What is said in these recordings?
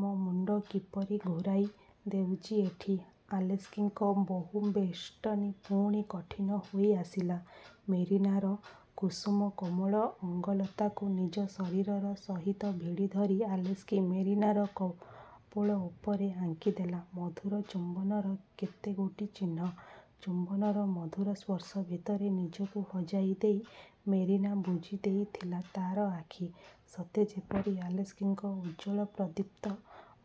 ମୋ ମୁଣ୍ଡ କିପରି ଘୂରାଇ ଦେଉଛି ଏଠି। '' ଆଲେସ୍କିଙ୍କର ବାହୁବେଷ୍ଟନୀ ପୁଣି କଠିନ ହୋଇଆସିଲା। ମେରିନାର କୁସୁମକୋମଳ ଅଙ୍ଗଲତାକୁ ନିଜ ଶରୀର ସହିତ ଭିଡ଼ି ଧରି ଆଲେସ୍କି ମେରିନାର କପୋଳ ଉପରେ ଆଙ୍କିଦେଲେ ମଧୁର ଚୁମ୍ବନର କେତେଗୋଟି ଚିହ୍ନ। ଚୁମ୍ବନର ମଧୁର ସ୍ପର୍ଶ ଭିତରେ ନିଜକୁ ହଜାଇ ଦେଇ ମେରିନା ବୁଜିଦେଇଥିଲା ତା'ର ଆଖି; ସତେ ଯେପରି ଆଲେସ୍କିଙ୍କର ଉଜ୍ଜ୍ୱଳ ପ୍ରଦୀପ୍ତ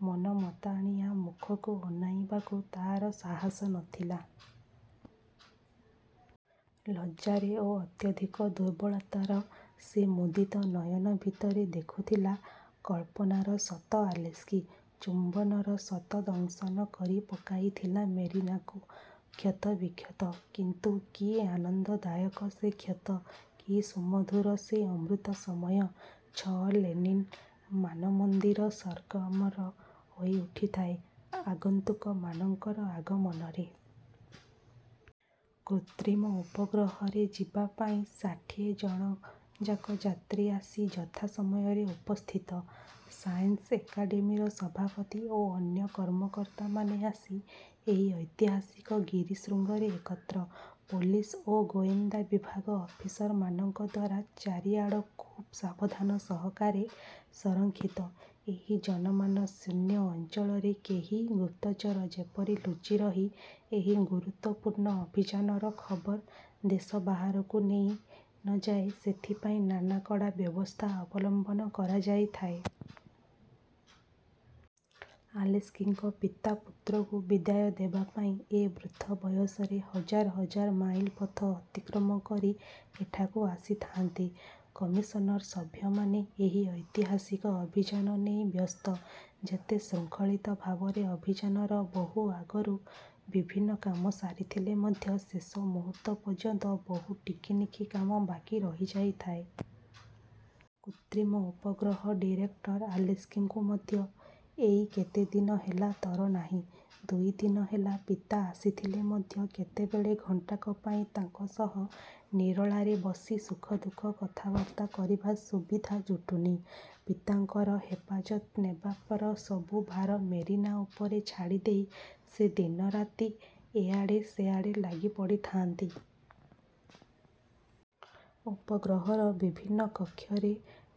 ମନମତାଣିଆ ମୁଖକୁ ଅନାଇବାକୁ ତା'ର ସାହସ ନ ଥିଲା। ଲଜ୍ଜାରେ ଓ ଅତ୍ୟଧିକ ଦୁର୍ବଳତାରେ ସେ ମୁଦିତ ନୟନ ଭିତରେ ଦେଖୁଥିଲା କଳ୍ପନାର ଶତ ଆଲେସ୍କି। ଚୁମ୍ବନର ଶତ ଦଂଶନ କରିପକାଇଥିଲା ମେରିନାକୁ କ୍ଷତ–ବିକ୍ଷତ; କିନ୍ତୁ କି ଆନନ୍ଦଦାୟକ ସେ କ୍ଷତ, କି ସୁମଧୁର ସେ ଅମୃତ ସମୟ। ଛଅ ଲେନିନ୍ ମାନମନ୍ଦିର ସରଗରମ୍ ହୋଇଉଠିଥାଏ ଆଗନ୍ତୁକମାନଙ୍କର ଆଗମନରେ। କୃତ୍ରିମ ଉପଗ୍ରହରେ ଯିବାପାଇଁ ଷାଠିଏ ଜଣଯାକ ଯାତ୍ରୀ ଆସି ଯଥାସମୟରେ ଉପସ୍ଥିତ। ସାଏନ୍ସ ଏକାଡ଼େମୀର ସଭାପତି ଓ ଅନ୍ୟ କର୍ମକର୍ତ୍ତାମାନେ ଆସି ଏହି ଐତିହାସିକ ଗିରିଶୃଙ୍ଗରେ ଏକତ୍ର। ପୋଲିସ ଓ ଗୋଏନ୍ଦା ବିଭାଗ ଅଫିସରମାନଙ୍କ ଦ୍ୱାରା ଚାରିଆଡ଼ ଖୁବ୍ ସାବଧନତା ସହକାରେ ସଂରକ୍ଷିତ। ଏହି ଜନମାନଶୂନ୍ୟ ଅଞ୍ଚଳରେ କେହି ଗୁପ୍ତଚର ଯେପରି ଲୁଚିରହି ଏହି ଗୁରୁତ୍ୱପୂର୍ଣ୍ଣ ଅଭିଯାନର ଖବର ଦେଶ ବାହାରକୁ ନେଇ ନ ଯାଏ, ସେଥିପାଇଁ ନାନା କଡ଼ା ବ୍ୟବସ୍ଥା ଅବଲମ୍ବନ କରାଯାଇଥାଏ। ଆଲେସ୍କିଙ୍କ ପିତା ପୁତ୍ରକୁ ବିଦାୟ ଦେବାପାଇଁ ଏ ବୃଦ୍ଧ ବୟସରେ ହଜାର ହଜାର ମାଇଲ ପଥ ଅତିକ୍ରମ କରି ଏଠାକୁ ଆସିଥାନ୍ତି। କମିଶନ୍ର ସଭ୍ୟମାନେ ଏହି ଐତିହାସିକ ଅଭିଯାନ ନେଇ ବ୍ୟସ୍ତ। ଯେତେ ଶୃଙ୍ଖଳିତ ଭାବରେ ଅଭିଯାନର ବହୁ ଆଗରୁ ବିଭିନ୍ନ କାମ ସାରିଥିଲେ ମଧ୍ୟ ଶେଷ ମୁହୂର୍ତ୍ତ ପର୍ଯ୍ୟନ୍ତ ବହୁ ଟିକିନିଖି କାମ ବାକି ରହିଯାଇଥାଏ। କୃତ୍ରିମ ଉପଗ୍ରହର ଡିରେକ୍ଟର ଆଲେସ୍କିଙ୍କୁ ମଧ୍ୟ ଏଇ କେତେ ଦିନ ହେଲା ତର ନାହିଁ-। ଦୁଇଦିନ ହେଲା ପିତା ଆସିଥିଲେ ମଧ୍ୟ କେତେବେଳେ ଘଣ୍ଟାକ ପାଇଁ ତାଙ୍କ ସହିତ ନିରୋଳାରେ ବସି ସୁଖଦୁଃଖ କଥାବାର୍ତ୍ତା କରିବାର ସୁବିଧା ଜୁଟିନି। ପିତାଙ୍କର ହେପାଜତ୍ ନେବାର ସବୁ ଭାର ମେରିନା ଉପରେ ଛାଡ଼ିଦେଇ ସେ ଦିନରାତି ଏଆଡ଼େ ସେଆଡ଼େ ଲାଗିପଡ଼ିଥାନ୍ତି। ଉପଗ୍ରହର ବିଭିନ୍ନ କକ୍ଷରେ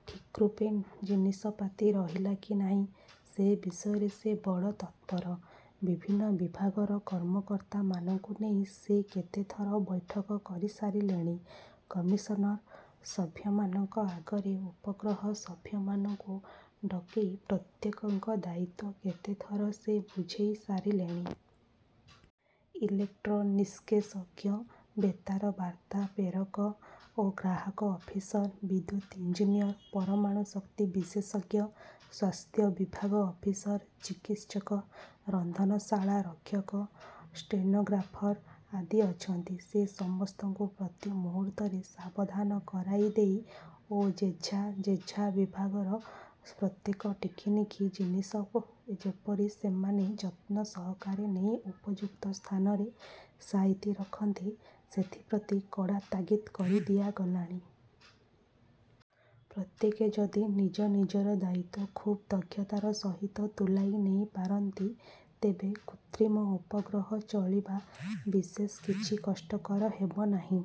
ଠିକ୍ରୂପେ ଜିନିଷପାତି ରହିଲା କି ନାହିଁ, ସେ ବିଷୟରେ ସେ ବଡ଼ ତତ୍ପର। ବିଭିନ୍ନ ବିଭାଗର କର୍ମକର୍ତ୍ତାମାନଙ୍କୁ ନେଇ ସେ କେତେଥର ବୈଠକ କରିସାରିଲେଣି। କମିଶନ୍ର ସଭ୍ୟମାନଙ୍କ ଆଗରେ ଉପଗ୍ରହର ସଭ୍ୟମାନଙ୍କୁ ଡକାଇ ପ୍ରତ୍ୟେକଙ୍କର ଦାୟିତ୍ୱ କେତେ ଥର ସେ ବୁଝାଇ ସାରିଲେଣି। ଇଲେକ୍ଟ୍ରନିକ୍ସ୍ବିଶେଷଜ୍ଞ, ବେତାରବାର୍ତ୍ତା ପ୍ରେରକ ଓ ଗ୍ରାହକ ଅଫିସର, ବିଦ୍ୟୁତ୍ ଇଞ୍ଜିନିଅର, ପରମାଣୁଶକ୍ତି ବିଶେଷଜ୍ଞ, ସ୍ୱାସ୍ଥ୍ୟବିଭାଗ ଅଫିସର, ଚିକିତ୍ସକ, ରନ୍ଧନଶାଳାରକ୍ଷକ, ଷ୍ଟେନୋଗ୍ରାଫର୍ ଆଦି ଅଛନ୍ତି, ସେ ସମସ୍ତଙ୍କୁ ପ୍ରତି ମୁହୂର୍ତ୍ତରେ ସାବଧାନ କରାଇଦେଇ ଓ ଯେଝା ଯେଝା ବିଭାଗର ପ୍ରତ୍ୟେକ ଟିକିନିଖି ଜିନିଷ ଯେପରି ସେମାନେ ଯତ୍ନସହକାରେ ନେଇ ଉପଯୁକ୍ତ ସ୍ଥାନରେ ସାଇତି ରଖନ୍ତି, ସେଥିପ୍ରତି କଡ଼ା ତାଗିଦ୍ କରିଦିଆଗଲାଣି। ପ୍ରତ୍ୟେକେ ଯଦି ନିଜ ନିଜର ଦାୟିତ୍ୱ ଖୁବ୍ ଦକ୍ଷତାର ସହିତ ତୁଲାଇ ନେଇପାରନ୍ତି, ତେବେ କୃତ୍ରିମ ଉପଗ୍ରହରେ ଚଳିବା ବିଶେଷ କିଛି କଷ୍ଟକର ହେବ ନାହିଁ।